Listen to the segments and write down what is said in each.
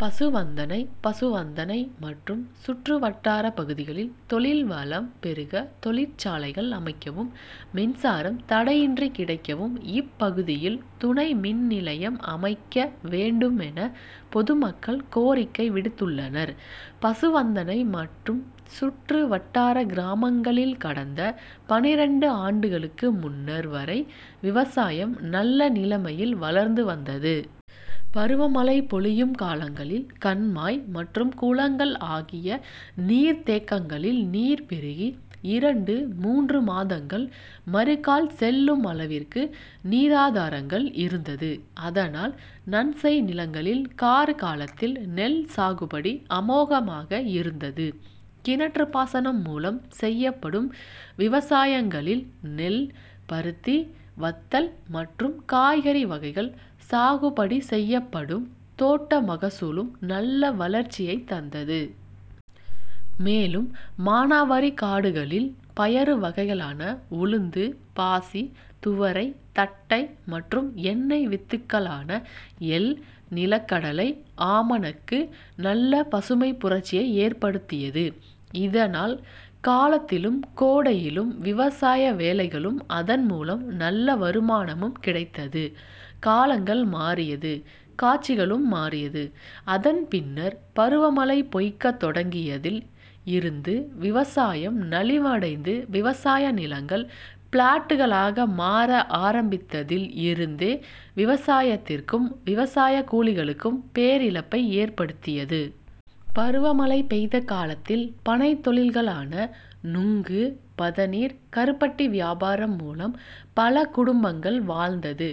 பசுவந்தனை பசுவந்தனை மற்றும் சுற்று வட்டார பகுதிகளில் தொழில் வளம் பெருக தொழிற்சாலைகள் அமைக்கவும் மின்சாரம் தடையின்றி கிடைக்கவும் இப்பகுதியில் துணை மின்நிலையம் அமைக்க வேண்டுமென பொதுமக்கள் கோரிக்கை விடுத்துள்ளனர். பசுவந்தனை மற்றும் சுற்று வட்டார கிராமங்களில் கடந்த பன்னிரண்டு ஆண்டுகளுக்கு முன்னர் வரை விவசாயம் நல்ல நிலைமையில் வளர்ந்து வந்தது. பருவமழை பொழியும் காலங்களில் கண்மாய் மற்றும் குளங்கள் ஆகிய நீர்த்தேக்கங்களில் நீர் பெருகி இரண்டு மூன்று மாதங்கள் மறுகால் செல்லும் அளவிற்கு நீராதாரங்கள் இருந்தது. அதனால் நன்செய் நிலங்களில் கார் காலத்தில் நெல் சாகுபடி அமோகமாக இருந்தது. கிணற்று பாசனம் மூலம் செய்யப்படும் விவசாயங்களில் நெல், பருத்தி, வத்தல் மற்றும் காய்கறி வகைகள் சாகுபடி செய்யப்படும் தோட்ட மகசூலும் நல்ல வளர்ச்சியை தந்தது. மேலும் மானாவாரி காடுகளில் பயறு வகைகளான உளுந்து, பாசி, துவரை, தட்டை மற்றும் எண்ணெய் வித்துக்களான எள், நிலக்கடலை, ஆமணக்கு நல்ல பசுமை புரட்சியை ஏற்படுத்தியது. இதனால் காலத்திலும் கோடையிலும் விவசாய வேலைகளும் அதன் மூலம் நல்ல வருமானமும் கிடைத்தது. காலங்கள் மாறியது காட்சிகளும் மாறியது அதன் பின்னர் பருவமழை பொய்க்க தொடங்கியதில் இருந்து விவசாயம் நலிவடைந்து விவசாய நிலங்கள் பிளாட்டுகளாக மாற ஆரம்பித்ததில் இருந்தே விவசாயத்திற்கும் விவசாய கூலிகளுக்கும் பேரிழப்பை ஏற்படுத்தியது. பருவமழை பெய்த காலத்தில் பனை தொழில்களான நுங்கு பதநீர், கருப்பட்டி வியாபாரம் மூலம் பல குடும்பங்கள் வாழ்ந்தது.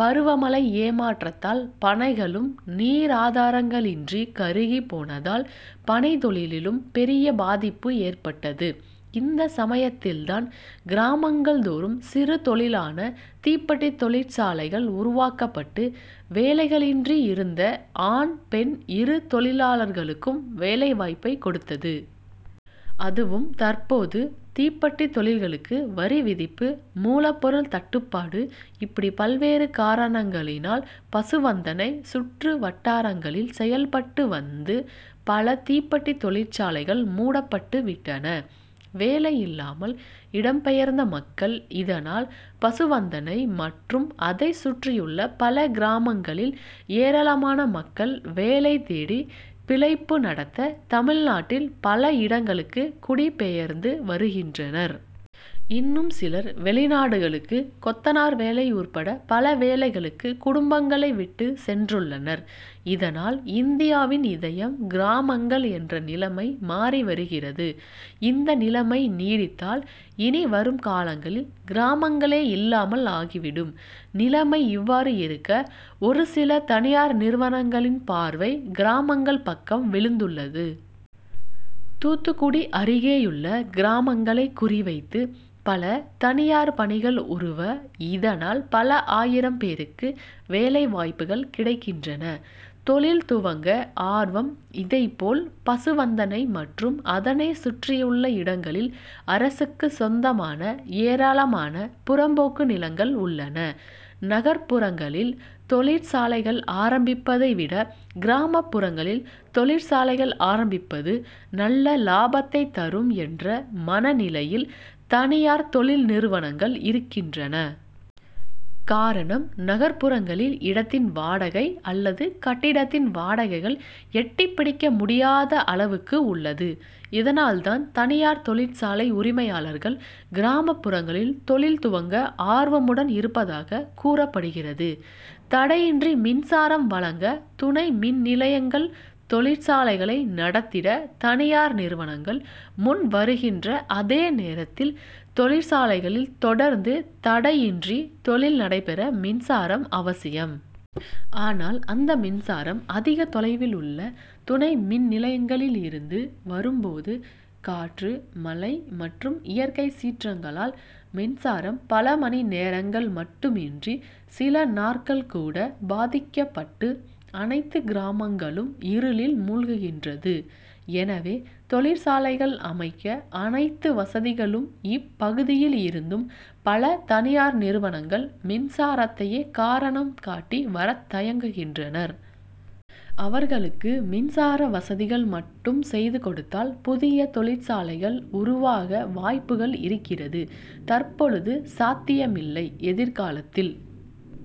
பருவமழை ஏமாற்றத்தால் பனைகளும் நீராதாரங்களின்றி கருகி போனதால் பனை தொழிலிலும் பெரிய பாதிப்பு ஏற்பட்டது. இந்த சமயத்தில்தான் கிராமங்கள் தோறும் சிறு தொழிலான தீப்பெட்டி தொழிற்சாலைகள் உருவாக்கப்பட்டு வேலைகளின்றி இருந்த ஆண் பெண் இரு தொழிலாளர்களுக்கும் வேலைவாய்ப்பை கொடுத்தது. அதுவும் தற்போது தீப்பெட்டி தொழில்களுக்கு வரி விதிப்பு, மூலப்பொருள் தட்டுப்பாடு இப்படி பல்வேறு காரணங்களினால் பசுவந்தனை சுற்றுவட்டாரங்களில் செயல்பட்டு வந்து பல தீப்பெட்டி தொழிற்சாலைகள் மூடப்பட்டு விட்டன. வேலை இல்லாமல் இடம் பெயர்ந்த மக்கள் இதனால் பசுவந்தனை மற்றும் அதை சுற்றியுள்ள பல கிராமங்களில் ஏராளமான மக்கள் வேலை தேடி பிழைப்பு நடத்த தமிழ்நாட்டில் பல இடங்களுக்கு குடிபெயர்ந்து வருகின்றனர். இன்னும் சிலர் வெளிநாடுகளுக்கு கொத்தனார் வேலை உட்பட பலவேலைகளுக்கு குடும்பங்களை விட்டு சென்றுள்ளனர். இதனால் இந்தியாவின் இதயம் கிராமங்கள் என்ற நிலைமை மாறி வருகிறது. இந்த நிலமை நீடித்தால் இனிவரும் காலங்களில் கிராம ங்களே இல்லாமல் ஆகிவிடும். நிலமை இவ்வாறு இருக்க, ஒரு சில தனியார் நிறுவனங்களின் பார்வை கிராமங்கள் பக்கம் விழுந்துள்ளது. தூத்துக்குடி அருகேயுள்ள கிராமங்களை குறிவைத்து பல தனியார் பனிகள் உருவ. இதனால் பல ஆயிரம் பேருக்கு வேலை வாய்ப்புகள் கிடைக்கின்றன. தொழில் துவங்க ஆர்வம்இதைப்போல் பசுவந்தனை மற்றும் அதனை சுற்றியுள்ள இடங்களில் அரசுக்கு சொந்தமான ஏராளமான புறம்போக்கு நிலங்கள் உள்ளது. நகர்ப்புறங்களில் தொழிற் சாலைகள் ஆரம்பிப்பதை விட கிராமப்புறங்களில் தொழி ற்சாலைகள் ஆரம்பிப்பது நல்ல லாபத்தை தரும் என்ற மன நிலையில் தனியார் தொழிற்நிறுவனங்கள் இருக் கின்றன. காரணம் நகர்ப்புறங்களில் இடத்தின் வாடகை, அல்லது கட்டிடத்தின் வாடகைகள் எட்டிப்பிடிக்கமுடியாத அளவுக்கு உள்ளது. இதனால்தான் தனியார் தொழிற்சாலை உரிமையாளர்கள் கிராமப்புறங்களில் தொழில்துவங்க ஆர்வமுடன் இருப்பதாக கூறப்படுகிறது. தடையின்றி மின்சாரம் வழங்க துணை மின்நிலையங்கள்தொழிற்சாலைகளை நடத்திட தனியார் நிறுவனங்கள் முன் வருகின்ற அதே நேரத்தில் தொழிற்சாலைகளில் தொடர்ந்து தடையின்றி தொழில் நடைபெற மின்சாரம் அவசியம். ஆனால் அந்த மின்சாரம் அதிக தொலைவில் உள்ள துணை மின்நிலையங்களில் இருந்து வரும்போது காற்று மழை மற்றும் இயற்கை சீற்றங்களால் மின்சாரம் பல மணி நேரங்கள் மட்டுமின்றி சில நாற்கள் கூட பாதிக்கப்பட்டு அனைத்து கிராமங்களும் இருளில் மூழ்குகின்றது. எனவே தொழிற்சாலைகள் அமை க்க அனைத்து வசதிகளும் இப்பகுதியில் இருந்தும் பல தனியார் நிறுவனங்கள் மின்சாரத்தையே காரணம் காட்டி வர தயங்குகின்றனர். அவர்களுக்கு மின்சார வசதிகள் மட்டும் செய்துகொடுத்தால் புதிய தொழிற்சாலைகள் உருவாக வாய்ப்புகள் இருக்கிறது. தற்பொழுது சாத்தியமில்லை.. எதிர்காலத்தில்..!